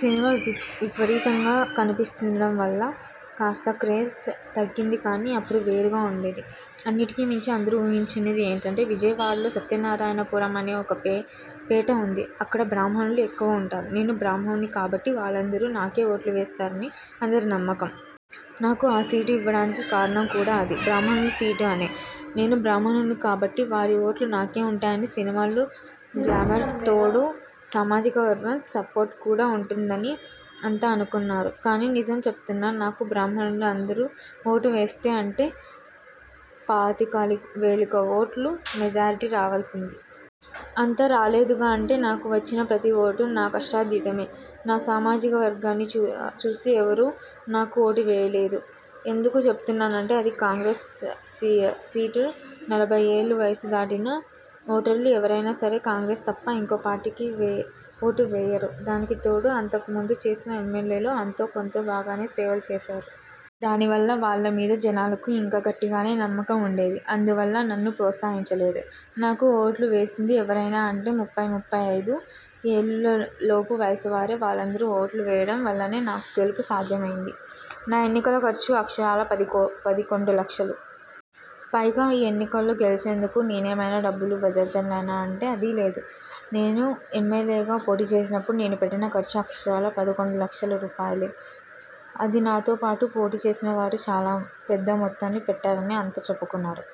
Cinema విపరీతంగా కనిపిస్తుండటం వల్ల కాస్త క్రేజ్ తగ్గిందికానీ అప్పుడు వేరుగా ఉండేది. అన్నిటికీ మించి అందరూ ఊహించింది ఏంటంటే విజయవాడలో సత్యనారాయణపురం అని ఒక పేట ఉంది. అక్కడ బ్రాహ్మణులు ఎక్కువగా ఉంటారు. నేను బ్రాహ్మణుణ్ణి కాబట్టి వాళ్ళందరూ నాకే ఓట్లు వేస్తారని అందరి నమ్మకం. నాకు ఆ సీటు ఇవ్వడానికి కారణం కూడా అది బ్రాహ్మణుల సీటు అనే. నేను బ్రాహ్మణ్ణి కాబట్టి, వారి ఓట్లు నాకు ఉంటాయనే. సినిమా గ్లామర్కి తోడు సామాజికవర్గం సపోర్ట్ కూడా ఉంటుందని అంతా అనుకున్నారు. కానీ నిజం చెబుతున్నా. నాకు బ్రాహ్మణులు అందరూ ఓట్లు వేసి ఉంటే పాతికవేల ఓట్ల మెజారిటీ రావాల్సింది. అంత రాలేదుగా అంటే నాకు వచ్చిన ప్రతి ఓటూ నా కష్టార్జితమే. నా సామాజికవర్గాన్ని చూసి ఎవరూ నాకు ఓటు వేయలేదు. ఎందుకు చెప్తున్నానంటే అది కాంగ్రెస్ సీటు నలభైఏళ్ళు వయసు దాటిన ఓటర్లు ఎవరైనాసరే కాంగ్రెస్కి తప్ప, ఇంకోపార్టీవాళ్ళకి ఓటు వేయరు. దానికితోడు అంతకుముందు చేసిన ఎమ్మెల్యేలు అంతో కొంతో బాగానే సేవలు చేశారు. దానివల్ల వాళ్ళ మీద జనాలకు ఇంకా గట్టిగానే నమ్మకం ఉండేది. అందువల్ల నన్ను ప్రోత్సహించలేదు. నాకు ఓట్లు వేసింది ఎవరయ్యా అంటే ముప్పై ముప్పై ఐదు ఏళ్ళ లోపు వయసువారే వాళ్ళందరూ ఓట్లు వేయడం వల్లనే నాకు గెలుపు సాధ్యమైంది. నా ఎన్నికల ఖర్చు అక్షరాలా పదకొండు లక్షలు! పైగా ఈ ఎన్నికల్లో గెలిచేందుకు నేనేమైనా డబ్బులు వెదజల్లానా? అంటే అదీ లేదు. నేను ఎం. ఎల్. ఏగా పోటీ చేసినప్పుడు నేను పెట్టిన ఖర్చు అక్షరాలా పదకొండులక్షల రూపాయలే. అదే నాతో పాటు పోటీ చేసిన వారు చాలా పెద్ద మొత్తాలు పెట్టారని అంతా చెప్పుకున్నారు.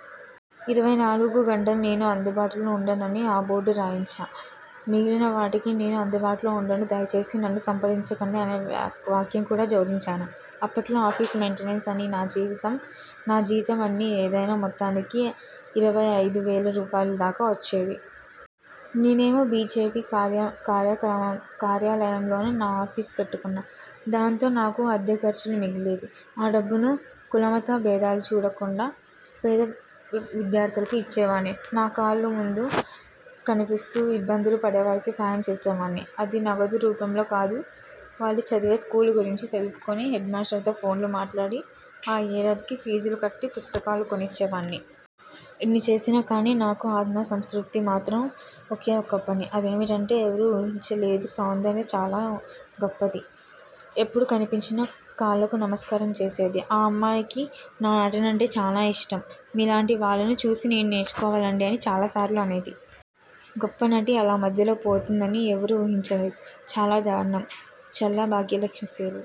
ఇరవై నాలుగు గంటలూ నేను అందుబాటులో ఉంటాను అని ఆ బోర్డులో రాయించా. మిగిలిన వాటికి నేను అందుబాటులో ఉండను దయచేసి నన్ను సంప్రదించకండి అనే వాక్యం కూడా జోడించాను. అప్పట్లో ఆఫీస్ మెయింటెనెన్స్ అని, నా జీతం అనీ ఏదైనా మొత్తానికి ఇరవై ఐదు వేల రూపాయలు దాకా వచ్చేవి. నేనేమో బీజేపీ కార్యాలయంలోనే నా ఆఫీసు పెట్టుకున్నా. దాంతో నాకు అద్దె ఖర్చులు మిగిలేవి. ఆ డబ్బును కులమత భేదాలు చూడకుండా పేద విద్యార్థులకు ఇచ్చే వాణ్ణి. నా కళ్ళ ముందు కనిపిస్తూ ఇబ్బందులు పడేవారికే సాయం చేసేవాణ్ణి. అదీ నగదురూపంలో కాదు వాళ్ళు చదివే స్కూలు గురించి తెలుసుకుని, హెడ్మాస్టర్తో ఫోనులో మాట్లాడి ఆ ఏడాదికి పీజులు కట్టి, పుస్తకాలు కొనిచ్చేవాణ్ణి. ఇన్ని చేసినా గానీ, నాకు ఆత్మ సంతృప్తినిచ్చింది మాత్రం ఒకే ఒక్క పని. అదేమిటంటే ఎవరూ ఊహించలేదుసౌందర్య చాలా గొప్పనటి. ఎప్పుడు కనిపించినా కాళ్లకు నమస్కారం చేసేది. ఆ అమ్మాయికి నా నటనంటే చాలా ఇష్టం. మీ లాంటి వాళ్ళను చూసి నేను నేర్చుకోవాలండీ అని చాలాసార్లు అనేది. గొప్పనటి అలా మధ్యలో పోతుందని ఎవరూ ఊహించలేదు. చాలా దారుణం. చల్లా భాగ్యలక్ష్మి సెల్